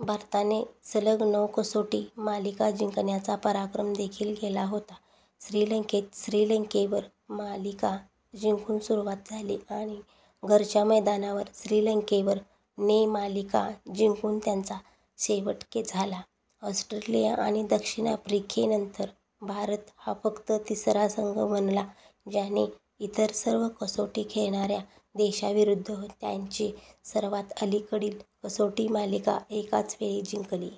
भारताने सलग नऊ कसोटी मालिका जिंकण्याचा पराक्रम देखील केला होता, श्रीलंकेत श्रीलंकेवर - मालिका जिंकून सुरुवात झाली आणि घरच्या मैदानावर श्रीलंकेवर - ने मालिका जिंकून त्याचा शेवट झाला. ऑस्ट्रेलिया आणि दक्षिण आफ्रिकेनंतर भारत हा फक्त तिसरा संघ बनला ज्याने इतर सर्व कसोटी खेळणाऱ्या देशांविरुद्ध त्यांची सर्वात अलीकडील कसोटी मालिका एकाच वेळी जिंकली.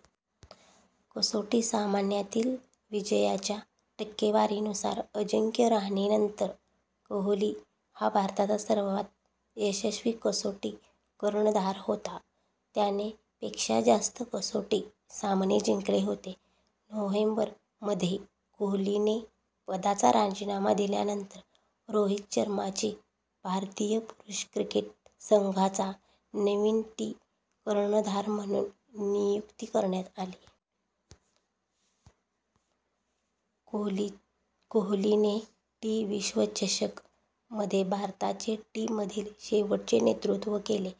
कसोटी सामन्यांतील विजयाच्या टक्केवारीनुसार, अजिंक्य रहाणेनंतर कोहली हा भारताचा दुसरा सर्वात यशस्वी कसोटी कर्णधार होता, त्याने पेक्षा जास्त कसोटी सामने जिंकले होते. नोव्हेंबर मध्ये, कोहलीने पदाचा राजीनामा दिल्यानंतर रोहित शर्माची भारतीय पुरुष क्रिकेट संघाचा नवीन टी कर्णधार म्हणून नियुक्ती करण्यात आली. कोहलीने टी विश्वचषक मध्ये भारताचे टी मधील शेवटचे नेतृत्व केले.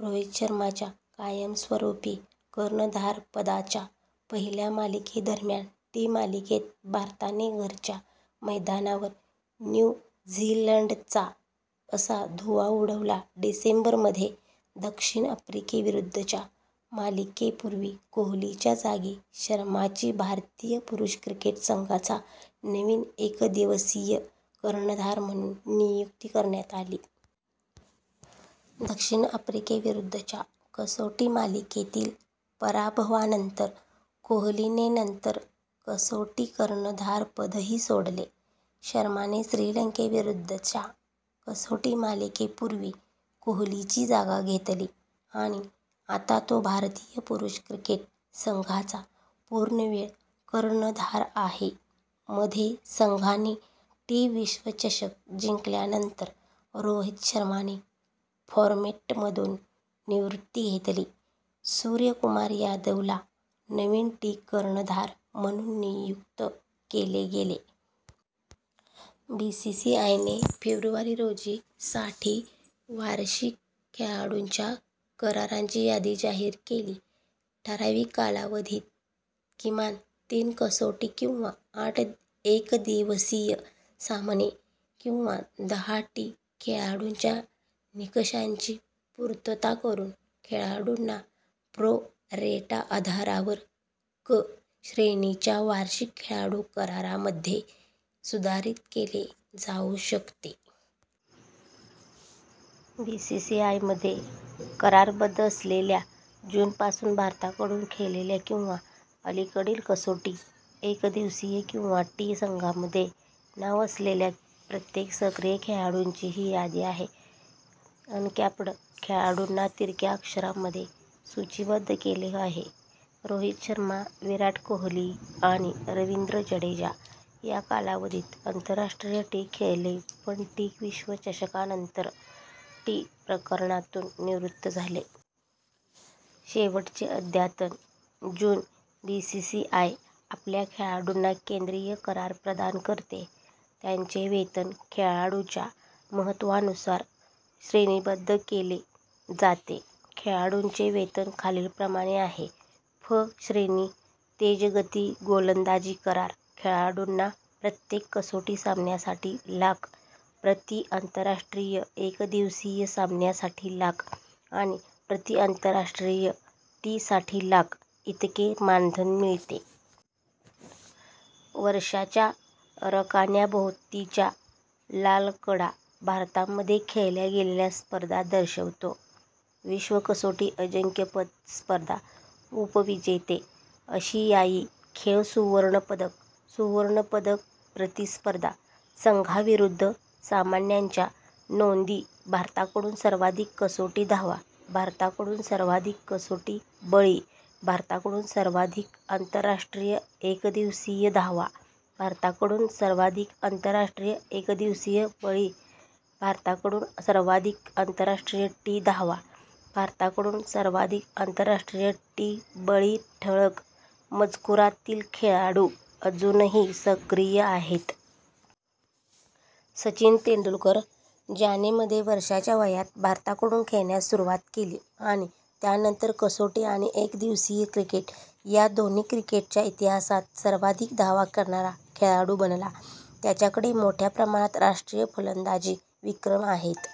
रोहित शर्माच्या कायमस्वरूपी कर्णधारपदाच्या पहिल्या मालिकेदरम्यान टी मालिकेत भारताने घरच्या मैदानावर न्यू झीलंडचा - असा धुव्वा उडवला. डिसेंबर मध्ये, दक्षिण आफ्रिकेविरुद्धच्या मालिके पूर्वी कोहलीच्या जागी शर्माची भारतीय पुरुष क्रिकेट संघाचा नवीन एकदिवसीय कर्णधार म्हणून नियुक्ती करण्यात आली. दक्षिण आफ्रिकेविरुद्धच्या कसोटी मालिकेतील पराभवानंतर कोहलीने नंतर कसोटी कर्णधारपदही सोडले. शर्माने श्रीलंकेविरुद्धच्या कसोटी मालिकेपूर्वी कोहलीची जागा घेतली आणि आता तो भारतीय पुरुष क्रिकेट संघाचा पूर्णवेळ कर्णधार आहे. मध्ये, संघाने टी विश्वचषक जिंकल्यानंतर, रोहित शर्माने फॉर्मेटमधून निवृत्ती घेतली, सूर्यकुमार यादवला नवीन टी कर्णधार म्हणून नियुक्त केले गेले. बीसीसीआयने फेब्रुवारी रोजी - साठी वार्षिक खेळाडूंच्या करारांची यादी जाहीर केली. ठराविक कालावधीत किमान तीन कसोटी किंवा आठ एकदिवसीय सामने किंवा दहा टी- खेळण्याच्या निकषांची पूर्तता करून खेळाडूंना प्रो-रेटा आधारावर 'क' श्रेणीच्या वार्षिक खेळाडू करारामध्ये सुधारित केले जाऊ शकते. बीसीसीआयमध्ये करारबद्ध असलेल्या, जून पासून भारताकडून खेळलेल्या किंवा अलीकडील कसोटी, एकदिवसीय किंवा टी संघांमध्ये नाव असलेल्या प्रत्येक सक्रिय खेळाडूची ही यादी आहे. अनकॅप्ड खेळाडूंना तिरक्या अक्षरांमध्ये सूचीबद्ध केले आहे. रोहित शर्मा, विराट कोहली, आणि रवींद्र जडेजा या कालावधीत आंतरराष्ट्रीय टी खेळले पण टी विश्वचषकानंतर टी प्रकारांतून निवृत्त झाले. शेवटचे अद्यतन: जून बीसीसीआय आपल्या खेळाडूंना केंद्रीय करार प्रदान करते, त्यांचे वेतन खेळाडूच्या महत्त्वानुसार श्रेणीबद्ध केले जाते. खेळाडूंचे वेतन खालीलप्रमाणे आहे. फ श्रेणी – तेजगती गोलंदाजी करार खेळाडूंना प्रत्येक कसोटी सामन्यासाठी लाख, प्रति आंतरराष्ट्रीय एकदिवसीय सामन्यासाठी लाख आणि प्रति आंतरराष्ट्रीय टी साठी लाख इतके मानधन मिळते. वर्षाच्या रकान्याभोवतीच्या लाल कडा भारतामध्ये खेळल्या गेलेल्या स्पर्धा दर्शवतो. विश्व कसोटी अजिंक्यपद स्पर्धा: उपविजेते: -,- आशियाई खेळ सुवर्ण पदक: सुवर्ण पदक: प्रतिस्पर्धी संघांविरुद्ध सामन्यांच्या नोंदी भारताकडून सर्वाधिक कसोटी धावा भारताकडून सर्वाधिक कसोटी बळी भारताकडून सर्वाधिक आंतरराष्ट्रीय एकदिवसीय धावा भारताकडून सर्वाधिक आंतरराष्ट्रीय एकदिवसीय बळी भारताकडून सर्वाधिक आंतरराष्ट्रीय टी धावा भारताकडून सर्वाधिक आंतरराष्ट्रीय टी बळी ठळक मजकुरातील खेळाडू अजूनही सक्रिय आहेत. सचिन तेंडुलकर, ज्याने मध्ये वर्षांच्या वयात भारताकडून खेळण्यास सुरुवात केली आणि त्यानंतर कसोटी आणि एकदिवसीय क्रिकेट या दोन्ही क्रिकेटच्या इतिहासात सर्वाधिक धावा करणारा खेळाडू बनला, त्याच्याकडे मोठ्या प्रमाणात राष्ट्रीय फलंदाजी विक्रम आहेत.